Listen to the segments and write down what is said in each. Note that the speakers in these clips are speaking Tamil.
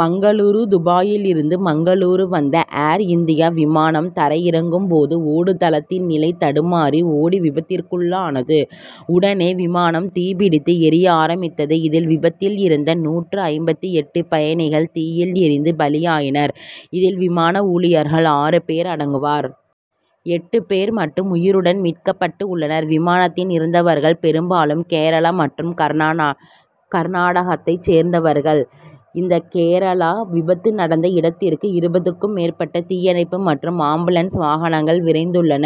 மங்களூரூ துபாயிலிருந்து மங்களூரூ வந்த ஏர் இந்தியா விமானம் தரை இறங்கும்போது ஓடுதளத்தில் நிலை தடுமாறி ஓடி விபத்திற்குள்ளானது. உடனே விமானம் தீப்பிடித்து எரிய ஆரம்பித்தது. இதில் விபத்தில் இருந்த நூற்று ஐம்பத்து எட்டு பயணிகள் தீயில் எரிந்து பலியாயினர். இதில் விமான ஊழியர்கள் ஆறு பேர் அடங்குவர். எட்டு பேர் மட்டும் உயிருடன் மீட்கப்பட்டுள்ளனர். விமானத்தில் இருந்தவர்கள் பெரும்பாலும் கேரளா மற்றும் கர்நாடகத்தைச் சேர்ந்தவர்கள். இந்த கேரளா விபத்து நடந்த இடத்திற்கு இருபதுக்கும் மேற்பட்ட தீயணைப்பு மற்றும் ஆம்புலன்ஸ் வாகனங்கள் விரைந்துள்ளன.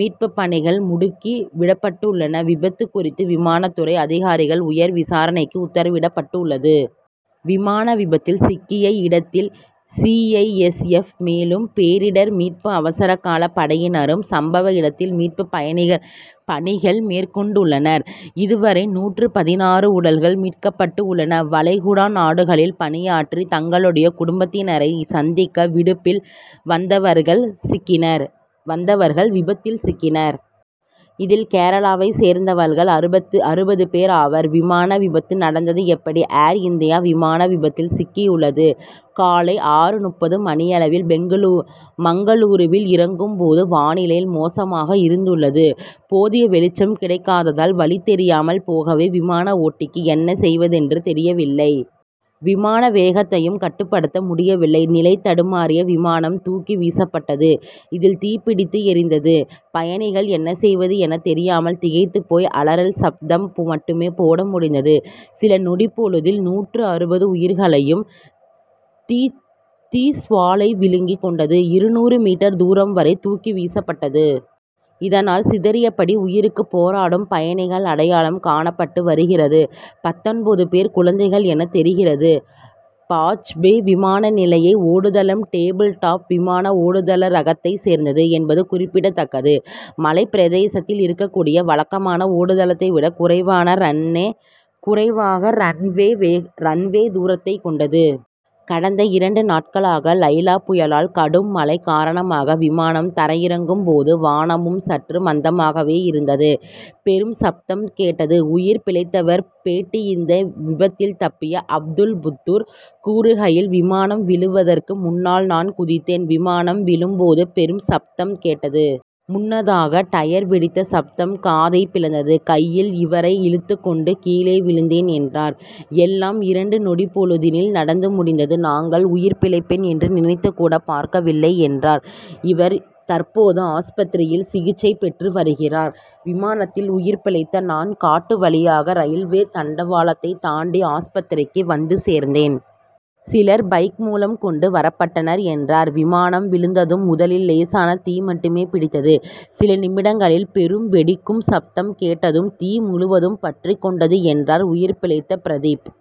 மீட்புப் பணிகள் முடுக்கி விடப்பட்டுள்ளன. விபத்து குறித்து விமான துறை அதிகாரிகள் உயர் விசாரணைக்கு உத்தரவிடப்பட்டுள்ளது. விமானம் விபத்தில் சிக்கிய இடத்தில் சி. ஐ. எஸ். எப். மேலும் பேரிடர் மீட்பு அவசரகால படையினரும் சம்பவ இடத்தில் மீட்பு பணிகள் மேற்கொண்டுள்ளனர். இதுவரை நூற்று பதினாறு உடல்கள் மீட்கப்பட்டுள்ளன. வளைகுடா நாடுகளில் பணியாற்றி தங்களுடைய குடும்பத்தினரை சந்திக்க விடுப்பில் வந்தவர்கள் விபத்தில் சிக்கினர். இதில் கேரளாவை சேர்ந்தவர்கள் அறுபது பேர் ஆவர். விமான விபத்து நடந்தது எப்படி? ஏர் இந்திய விமானம் விபத்தில் சிக்கியுள்ளது. காலை ஆறு முப்பது மணியளவில் மங்களூருவில் இறங்கும்போது வானிலை மோசமாக இருந்துள்ளது. போதிய வெளிச்சம் கிடைக்காதததால் வழி தெரியாமல் போகவே விமான ஓட்டிக்கு என்ன செய்வதென்று தெரியவில்லை. விமான வேகத்தையும் கட்டுப்படுத்த முடியவில்லை. நிலைதடுமாறிய விமானம் தூக்கி வீசப்பட்டது. இதில் தீப்பிடித்து எரிந்தது. பயணிகள் என்ன செய்வது என தெரியாமல் திகைத்து போய் அலறல் சப்தம் மட்டுமே போட முடிந்தது. சில நொடிப்பொழுதில் நூற்று அறுபது உயிர்களையும் தீச்சுவாலை விழுங்கி கொண்டது. இருநூறு மீட்டர் தூரம் வரை தூக்கி வீசப்பட்டுள்ளது. இதனால் சிதறியபடி உயிருக்கு போராடும் பயணிகள் அடையாளம் காணப்பட்டு வருகிறது. பத்தொன்பது பேர் குழந்தைகள் என தெரிகிறது. பாஜ்பே விமான நிலைய ஓடுதளம் டேபிள் டாப் விமான ஓடுதள ரகத்தைச் சேர்ந்தது என்பது குறிப்பிடத்தக்கது. மலைப்பிரதேசத்தில் இருக்கக்கூடிய வழக்கமான ஓடுதளத்தை விட குறைவான ரன்வே தூரத்தை கொண்டது. கடந்த இரண்டு நாட்களாக லைலா புயலால் கடும் மழை காரணமாக விமானம் தரையிறங்கும் போது வானமும் சற்று மந்தமாகவே இருந்தது. பெரும் சப்தம் கேட்டது உயிர் பிழைத்தவர் பேட்டி இந்த விபத்தில் தப்பிய அப்துல்புத்தூர் கூறுகையில் விமானம் விழுவதற்கு முன்னால் நான் குதித்தேன். விமானம் விழும் போது பெரும் சப்தம் கேட்டது. முன்னதாக டயர் வெடித்து சப்தம் காதை பிளந்தது. கையில் இருவரை இழுத்து கொண்டு கீழே விழுந்தேன் என்றார். எல்லாம் இரண்டு நொடிப்பொழுதில் நடந்து முடிந்தது. நாங்கள் உயிர் பிழைப்பேன் என்று நினைத்துகூட பார்க்கவில்லை என்றார். இவர் தற்போது ஆஸ்பத்திரியில் சிகிச்சை பெற்று வருகிறார். விமானத்தில் உயிர்பிழைத்த நான் காட்டு வழியாக ரயில்வே தண்டவாளத்தை தாண்டி ஆஸ்பத்திரிக்கு வந்து சேர்ந்தேன். சிலர் பைக் மூலம் கொண்டு வரப்பட்டனர் என்றார். விமானம் விழுந்ததும் முதலில் லேசான தீ மட்டுமே பிடித்தது. சில நிமிடங்களில் பெரும் வெடிக்கும் சப்தம் கேட்டதும் தீ முழுவதும் பற்றிக்கொண்டது என்றார் உயிர் பிழைத்த பிரதீப்.